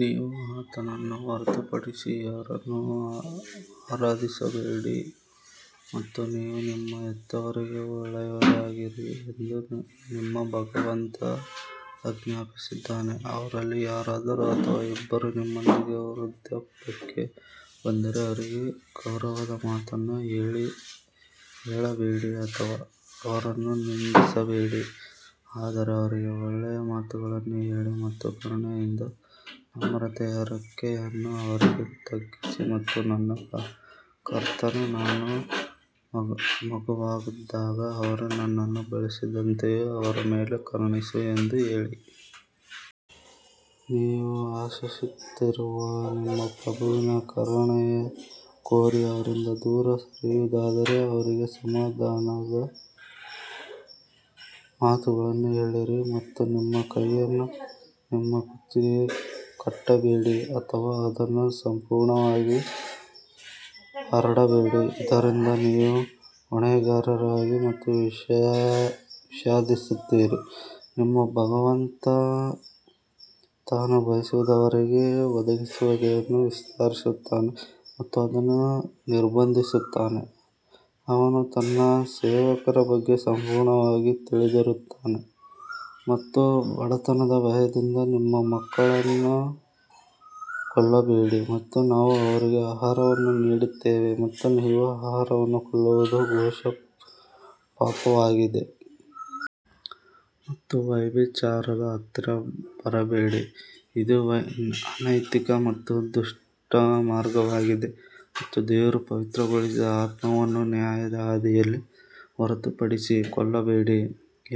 ನೀವು ಆತನನ್ನು ಹೊರತುಪಡಿಸಿ ಯಾರನ್ನೂ ಆರಾಧಿಸಬೇಡಿ ಮತ್ತು ನೀವು ನಿಮ್ಮ ಹೆತ್ತವರಿಗೆ ಒಳ್ಳೆಯವರಾಗಿರಿ ಎಂದು ನಿಮ್ಮ ಭಗವಂತ ಆಜ್ಞಾಪಿಸಿದ್ದಾನೆ, ಅವರಲ್ಲಿ ಯಾರಾದರೂ ಅಥವಾ ಇಬ್ಬರೂ ನಿಮ್ಮೊಂದಿಗೆ ವೃದ್ಧಾಪ್ಯಕ್ಕೆ ಬಂದರೆ ಅವರಿಗೆ ಅಗೌರವದ ಮಾತನ್ನು ಹೇಳಬೇಡಿ ಅಥವಾ ಅವರನ್ನು ನಿಂದಿಸಬೇಡಿ ಆದರೆ ಅವರಿಗೆ ಒಳ್ಳೆಯ ಮಾತುಗಳನ್ನು ಹೇಳಿ ಮತ್ತು ಕರುಣೆಯಿಂದ ನಮ್ರತೆಯ ರೆಕ್ಕೆಯನ್ನು ಅವರಿಗೆ ತಗ್ಗಿಸಿ ಮತ್ತು ನನ್ನ ಕರ್ತನು ನಾನು ಮಗುವಾಗಿದ್ದಾಗ ಅವರು ನನ್ನನ್ನು ಬೆಳೆಸಿದಂತೆಯೇ ಅವರ ಮೇಲೆ ಕರುಣಿಸು ಎಂದು ಹೇಳಿ. ನೀವು ಆಶಿಸುತ್ತಿರುವ ನಿಮ್ಮ ಪ್ರಭುವಿನ ಕರುಣೆಯನ್ನು ಕೋರಿ ಅವರಿಂದ ದೂರ ಸರಿಯುವುದಾದರೆ ಅವರಿಗೆ ಸಮಾಧಾನದ ಮಾತುಗಳನ್ನು ಹೇಳಿರಿ ಮತ್ತು ನಿಮ್ಮ ಕೈಯನ್ನು ನಿಮ್ಮ ಕುತ್ತಿಗೆಗೆ ಕಟ್ಟಬೇಡಿ ಅಥವಾ ಅದನ್ನು ಸಂಪೂರ್ಣವಾಗಿ ಹರಡಬೇಡಿ ಇದರಿಂದ ನೀವು ಹೊಣೆಗಾರರಾಗಿ ಮತ್ತು ವಿಷಾದಿಸುತ್ತೀರಿ ನಿಮ್ಮ ಭಗವಂತ ತಾನು ಬಯಸಿದವರಿಗೆ ಒದಗಿಸುವಿಕೆಯನ್ನು ವಿಸ್ತರಿಸುತ್ತಾನೆ ಮತ್ತು ಅದನ್ನು ನಿರ್ಬಂಧಿಸುತ್ತಾನೆ ಅವನು ತನ್ನ ಸೇವಕರ ಬಗ್ಗೆ ಸಂಪೂರ್ಣವಾಗಿ ತಿಳಿದಿರುತ್ತಾನೆ ಮತ್ತು ಬಡತನದ ಭಯದಿಂದ ನಿಮ್ಮ ಮಕ್ಕಳನ್ನು ಕೊಲ್ಲಬೇಡಿ ಮತ್ತು ನಾವು ಅವರಿಗೆ ಆಹಾರವನ್ನು ನೀಡುತ್ತೇವೆ ಮತ್ತು ನೀವು ಅವರನ್ನು ಕೊಲ್ಲುವುದು ಘೋರ ಪಾಪವಾಗಿದೆ. ಮತ್ತು ವ್ಯಭಿಚಾರದ ಹತ್ತಿರ ಬರಬೇಡಿ ಇದು ಅನೈತಿಕ ಮತ್ತು ದುಷ್ಟ ಮಾರ್ಗವಾಗಿದೆ ಮತ್ತು ದೇವರು ಪವಿತ್ರಗೊಳಿಸಿದ ಆತ್ಮವನ್ನು ನ್ಯಾಯದ ಹಾದಿಯಲ್ಲಿ ಹೊರತುಪಡಿಸಿ ಕೊಲ್ಲಬೇಡಿ,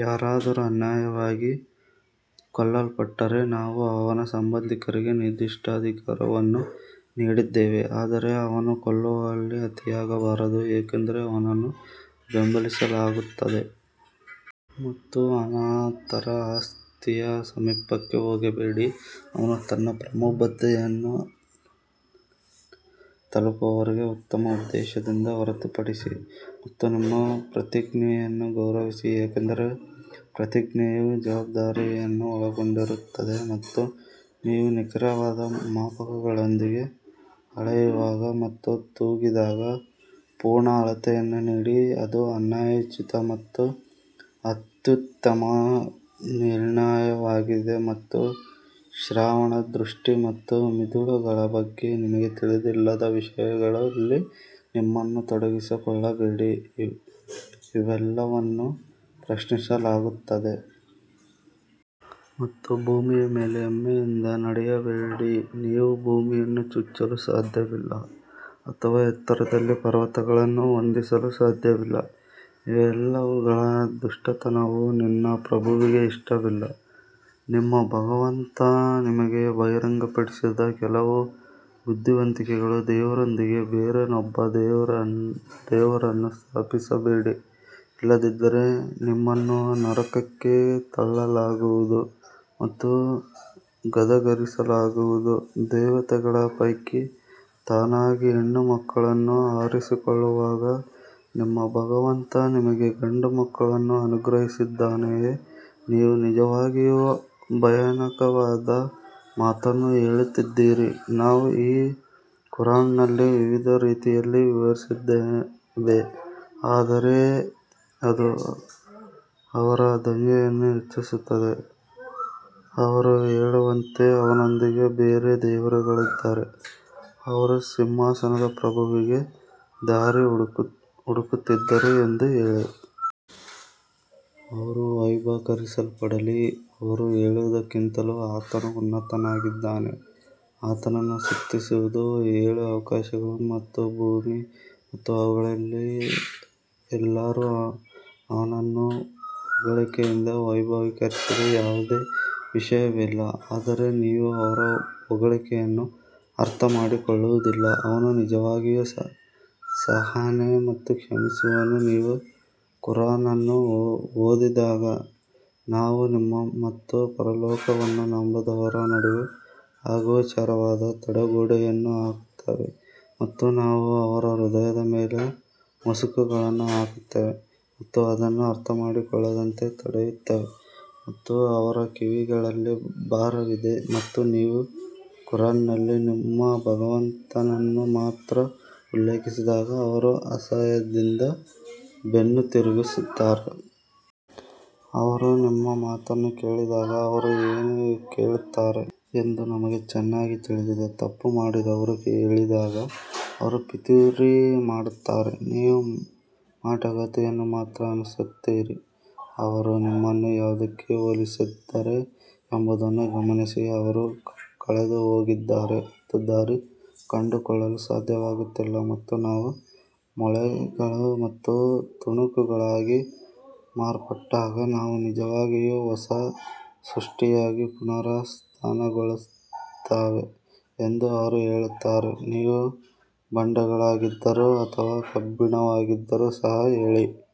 ಯಾರಾದರೂ ಅನ್ಯಾಯವಾಗಿ ಕೊಲ್ಲಲ್ಪಟ್ಟರೆ ನಾವು ಅವನ ಸಂಬಂಧಿಕರಿಗೆ ನಿರ್ದಿಷ್ಟ ಅಧಿಕಾರವನ್ನು ನೀಡಿದ್ದೇವೆ ಆದರೆ ಅವನು ಕೊಲ್ಲುವಲ್ಲಿ ಅತಿಯಾಗಬಾರದು ಏಕೆಂದರೆ ಅವನನ್ನು ಬೆಂಬಲಿಸಲಾಗುತ್ತದೆ. ಮತ್ತು ಅನಾಥರ ಆಸ್ತಿಯ ಸಮೀಪಕ್ಕೆ ಹೋಗಬೇಡಿ, ಅವನು ತನ್ನ ಪ್ರಬುದ್ಧತೆಯನ್ನು ತಲುಪುವವರೆಗೆ ಉತ್ತಮ ಉದ್ದೇಶದಿಂದ ಹೊರತುಪಡಿಸಿ ಮತ್ತು ನಿಮ್ಮ ಪ್ರತಿಜ್ಞೆಯನ್ನು ಗೌರವಿಸಿ ಏಕೆಂದರೆ ಪ್ರತಿಜ್ಞೆಯು ಜವಾಬ್ದಾರಿಯನ್ನು ಒಳಗೊಂಡಿರುತ್ತದೆ ಮತ್ತು ನೀವು ನಿಖರವಾದ ಮಾಪಕಗಳೊಂದಿಗೆ ಅಳೆಯುವಾಗ ಮತ್ತು ತೂಗಿದಾಗ ಪೂರ್ಣ ಅಳತೆಯನ್ನು ನೀಡಿ ಅದು ನ್ಯಾಯೋಚಿತ ಮತ್ತು ಅತ್ಯುತ್ತಮ ನಿರ್ಣಯವಾಗಿದೆ ಮತ್ತು ಶ್ರವಣ, ದೃಷ್ಟಿ ಮತ್ತು ಮಿದುಳುಗಳ ಬಗ್ಗೆ ನಿಮಗೆ ತಿಳಿದಿಲ್ಲದ ವಿಷಯಗಳಲ್ಲಿ ನಿಮ್ಮನ್ನು ತೊಡಗಿಸಿಕೊಳ್ಳಬೇಡಿ, ಇವೆಲ್ಲವನ್ನೂ ಪ್ರಶ್ನಿಸಲಾಗುತ್ತದೆ. ಮತ್ತು ಭೂಮಿಯ ಮೇಲೆ ಹೆಮ್ಮೆಯಿಂದ ನಡೆಯಬೇಡಿ ನೀವು ಭೂಮಿಯನ್ನು ಚುಚ್ಚಲು ಸಾಧ್ಯವಿಲ್ಲ ಅಥವಾ ಎತ್ತರದಲ್ಲಿ ಪರ್ವತಗಳನ್ನು ಹೊಂದಿಸಲು ಸಾಧ್ಯವಿಲ್ಲ ಇವೆಲ್ಲವುಗಳ ದುಷ್ಟತನವು ನಿನ್ನ ಪ್ರಭುವಿಗೆ ಇಷ್ಟವಿಲ್ಲ ನಿಮ್ಮ ಭಗವಂತ ನಿಮಗೆ ಬಹಿರಂಗಪಡಿಸಿದ ಕೆಲವು ಬುದ್ಧಿವಂತಿಕೆಗಳು ದೇವರೊಂದಿಗೆ ಬೇರೊಬ್ಬ ದೇವರನ್ನು ಸ್ಥಾಪಿಸಬೇಡಿ ಇಲ್ಲದಿದ್ದರೆ ನಿಮ್ಮನ್ನು ನರಕಕ್ಕೆ ತಳ್ಳಲಾಗುವುದು ಮತ್ತು ಗದರಿಸಲಾಗುವುದು ದೇವತೆಗಳ ಪೈಕಿ ತನಗಾಗಿ ಹೆಣ್ಣುಮಕ್ಕಳನ್ನು ಆರಿಸಿಕೊಳ್ಳುವಾಗ ನಿಮ್ಮ ಭಗವಂತ ನಿಮಗೆ ಗಂಡುಮಕ್ಕಳನ್ನು ಅನುಗ್ರಹಿಸಿದ್ದಾನೆಯೇ, ನೀವು ನಿಜವಾಗಿಯೂ ಭಯಾನಕವಾದ ಮಾತನ್ನು ಹೇಳುತ್ತಿದ್ದೀರಿ ನಾವು ಈ ಕುರಾನ್ನಲ್ಲಿ ವಿವಿಧ ರೀತಿಯಲ್ಲಿ ವಿವರಿಸಿದ್ದೇವೆ, ಆದರೆ ಅದು ಅವರ ದಂಗೆಯನ್ನು ಹೆಚ್ಚಿಸುತ್ತದೆ ಅವರು ಹೇಳುವಂತೆ ಅವನೊಂದಿಗೆ ಬೇರೆ ದೇವರುಗಳಿದ್ದರೆ ಅವರು ಸಿಂಹಾಸನದ ಪ್ರಭುವಿಗೆ ದಾರಿ ಹುಡುಕುತ್ತಿದ್ದರು ಎಂದು ಹೇಳಿ. ಅವರು ವೈಭವೀಕರಿಸಲ್ಪಡಲಿ, ಅವರು ಹೇಳುವುದಕ್ಕಿಂತಲೂ ಆತನು ಉನ್ನತನಾಗಿದ್ದಾನೆ ಆತನನ್ನು ಸ್ತುತಿಸುವುದು ಏಳು ಆಕಾಶಗಳು ಮತ್ತು ಭೂಮಿ ಮತ್ತು ಅವುಗಳಲ್ಲಿ ಎಲ್ಲರೂ ಅವನನ್ನು ಹೊಗಳಿಕೆಯಿಂದ ವೈಭವೀಕರಿಸದ ಯಾವುದೇ ವಿಷಯವಿಲ್ಲ ಆದರೆ ನೀವು ಅವರ ಹೊಗಳಿಕೆಯನ್ನು ಅರ್ಥಮಾಡಿಕೊಳ್ಳುವುದಿಲ್ಲ ಅವನು ನಿಜವಾಗಿಯೂ ಸಹನೆ ಮತ್ತು ಕ್ಷಮಿಸುವನು ನೀವು ಖುರಾನ್ ಅನ್ನು ಓದಿದಾಗ ನಾವು ನಿಮ್ಮ ಮತ್ತು ಪರಲೋಕವನ್ನು ನಂಬದವರ ನಡುವೆ ಅಗೋಚರವಾದ ತಡೆಗೋಡೆಯನ್ನು ಹಾಕುತ್ತೇವೆ ಮತ್ತು ನಾವು ಅವರ ಹೃದಯದ ಮೇಲೆ ಮುಸುಕುಗಳನ್ನು ಹಾಕುತ್ತೇವೆ ಮತ್ತು ಅದನ್ನು ಅರ್ಥಮಾಡಿಕೊಳ್ಳದಂತೆ ತಡೆಯುತ್ತೇವೆ ಮತ್ತು ಅವರ ಕಿವಿಗಳಲ್ಲಿ ಭಾರವಿದೆ ಮತ್ತು ನೀವು ಕುರಾನ್ನಲ್ಲಿ ನಿಮ್ಮ ಭಗವಂತನನ್ನು ಮಾತ್ರ ಉಲ್ಲೇಖಿಸಿದಾಗ ಅವರು ಅಸಹ್ಯದಿಂದ ಬೆನ್ನು ತಿರುಗಿಸುತ್ತಾರೆ. ಅವರು ನಿಮ್ಮ ಮಾತನ್ನು ಕೇಳಿದಾಗ ಅವರು ಏನು ಕೇಳುತ್ತಾರೆ ಎಂದು ನಮಗೆ ಚೆನ್ನಾಗಿ ತಿಳಿದಿದೆ, ತಪ್ಪು ಮಾಡಿದವರು ಹೇಳಿದಾಗ ಅವರು ಪಿತೂರಿ ಮಾಡುತ್ತಾರೆ, ನೀವು ಮಾಟಗಾತಿಯನ್ನು ಮಾತ್ರ ಅನುಸರಿಸುತ್ತೀರಿ ಅವರು ನಿಮ್ಮನ್ನು ಯಾವುದಕ್ಕೆ ಹೋಲಿಸಿದ್ದಾರೆ ಎಂಬುದನ್ನು ಗಮನಿಸಿ ಅವರು ಕಳೆದುಹೋಗಿದ್ದಾರೆ ಮತ್ತು ದಾರಿ ಕಂಡುಕೊಳ್ಳಲು ಸಾಧ್ಯವಾಗುತ್ತಿಲ್ಲ ಮತ್ತು ನಾವು ಮೂಳೆಗಳು ಮತ್ತು ತುಣುಕುಗಳಾಗಿ ಮಾರ್ಪಟ್ಟಾಗ ನಾವು ನಿಜವಾಗಿಯೂ ಹೊಸ ಸೃಷ್ಟಿಯಾಗಿ ಪುನರುತ್ಥಾನಗೊಳ್ಳುತ್ತೇವೆ ಎಂದು ಅವರು ಹೇಳುತ್ತಾರೆ ನೀವು ಬಂಡೆಗಳಾಗಿದ್ದರೂ ಅಥವಾ ಕಬ್ಬಿಣವಾಗಿದ್ದರೂ ಸಹ ಹೇಳಿ.